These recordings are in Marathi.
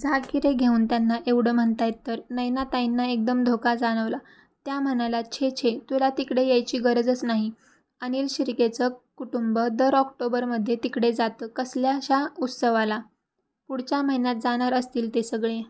"जा की रे घेऊन त्यांना! एवढं म्हणतायत तर"नयनाताईंना एकदम धोका जाणवला, त्या म्हणाल्या"छे छे! तुला तिकडे यायची गरजच नाही. अनिल शिर्केचं कुटुंब दर ऑक्टोबरमध्ये तिकडे जातं कसल्याश्या उत्सवाला. पुढच्या महिन्यात जाणार असतील ते सगळे.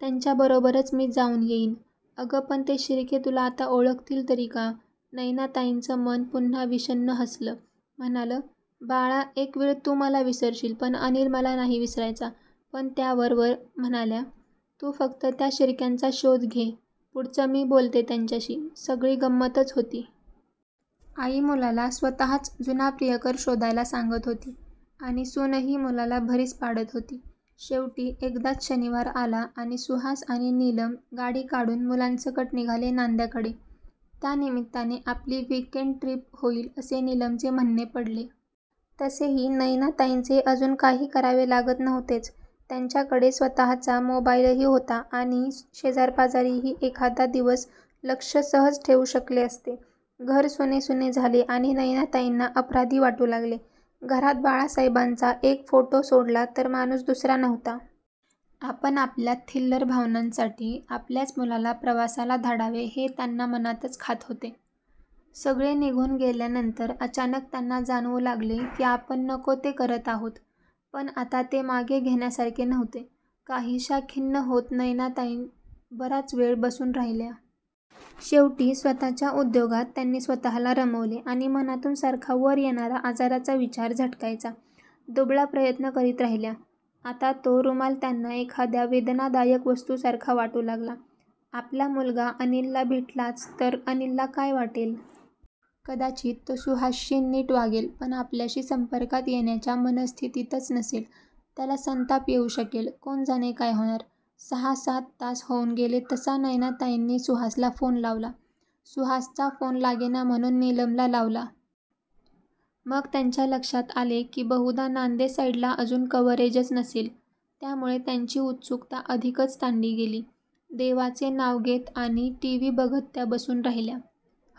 त्यांच्याबरोबरच मी जाऊन येईन""अगं पण ते शिर्के तुला आता ओळखतील तरी का? "नयनाताईंचं मन पुन्हा विषण्ण हसलं! म्हणालं, बाळा, एकवेळ तू मला विसरशील पण अनिल मला नाही विसरायचा! पण त्या वरवर म्हणाल्या"तू फक्त त्या शिर्क्यांचा शोध घे, पुढचं मी बोलते त्यांच्याशी"सगळी गंमतच होती. आई मुलाला स्वतःच जुना प्रियकर शोधायला सांगत होती आणि सूनही मुलाला भरीस पाडत होती. शेवटी एकदाच शनिवार आला आणि सुहास आणि निलम गाडी काढून मुलांसकट निघाले नांद्याकडे! त्या निमित्ताने आपली वीकएण्ड ट्रिप होईल असे निलमचे म्हणणे पडले. तसेही नयनाताईंचे अजून काही करावे लागत नव्हतेच. त्यांच्याकडे स्वतःच मोबाईलही होता आणि शेजारीपाजारीही एखादा दिवस लक्ष सहज ठेवू शकले असते. घर सुनेसुने झाले आणि नयनाताईंना अपराधी वाटू लागले. घरात बाळासहेबांचा एक फोटो सोडला तर माणूस दुसरा नव्हता. आपण आपल्या थिल्लर भावनांसाठी आपल्याच मुलाला प्रवासाला धाडावे हे त्यांना मनातच खात होते. सगळे निघून गेल्यानंतर अचानक त्यांना जाणवू लागले की आपण नको ते करत आहोत. पण आता ते मागे घेण्यासारखे नव्हते. काहीश्या खिन्न होत नयनाताई बराच वेळ बसून राहिल्या. शेवटी स्वतःच्या उद्योगात त्यांनी स्वतःला रमवले आणि मनातून सारखा वर येणारा आजाराचा विचार झटकायचा दुबळा प्रयत्न करत राहिल्या. आता तो रुमाल त्यांना एखाद्या वेदनादायक वस्तूसारखा वाटू लागला. आपला मुलगा अनिलला भेटलाच तर अनिलला काय वाटेल? कदाचित तो सुहासशी नीट वागेल पण आपल्याशी संपर्कात येण्याच्या मनस्थितीतच नसेल. त्याला संताप येऊ शकेल. कोण जाणे काय होणार! सहा, सात तास होऊन गेले तसा नयनाताईंनी सुहासला फोन लावला. सुहासचा फोन लागेना म्हणून निलमला लावला. मग त्यांच्या लक्षात आले की बहुधा नांदेसाईडला अजून कव्हरेजच नसेल. त्यामुळे त्यांची उत्सुकता अधिकच ताणली गेली. देवाचे नांव घेत आणि टीव्ही बघत त्या बसून राहिल्या.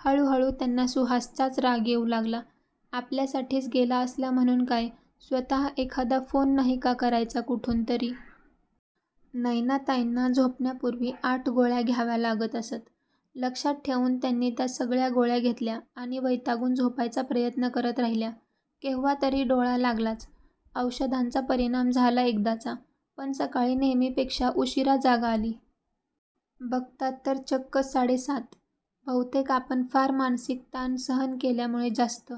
हळूहळू त्यांना सुहासचाच राग येऊ लागला. आपल्यासाठीच गेला असला म्हणून काय, स्वतः एखादा फोन नाही का करायचा कुठूनतरी! नयनाताईंना झोपण्यापूर्वी आठ गोळ्या घ्याव्या लागत असत. लक्षात ठेवून त्यांनी त्या सगळ्या गोळ्या घेतल्या आणि वैतागून झोपायचा प्रयत्न करत राहिल्या. केव्हातरी डोळा लागलाच, औषधांचा परिणाम झाला एकदाचा! पण सकाळी नेहमीपेक्षा उशीरा जाग आली. बघतात तर चक्क साडे सात! बहुतेक आपण फार मानसिक ताण सहन केल्यामुळे जास्त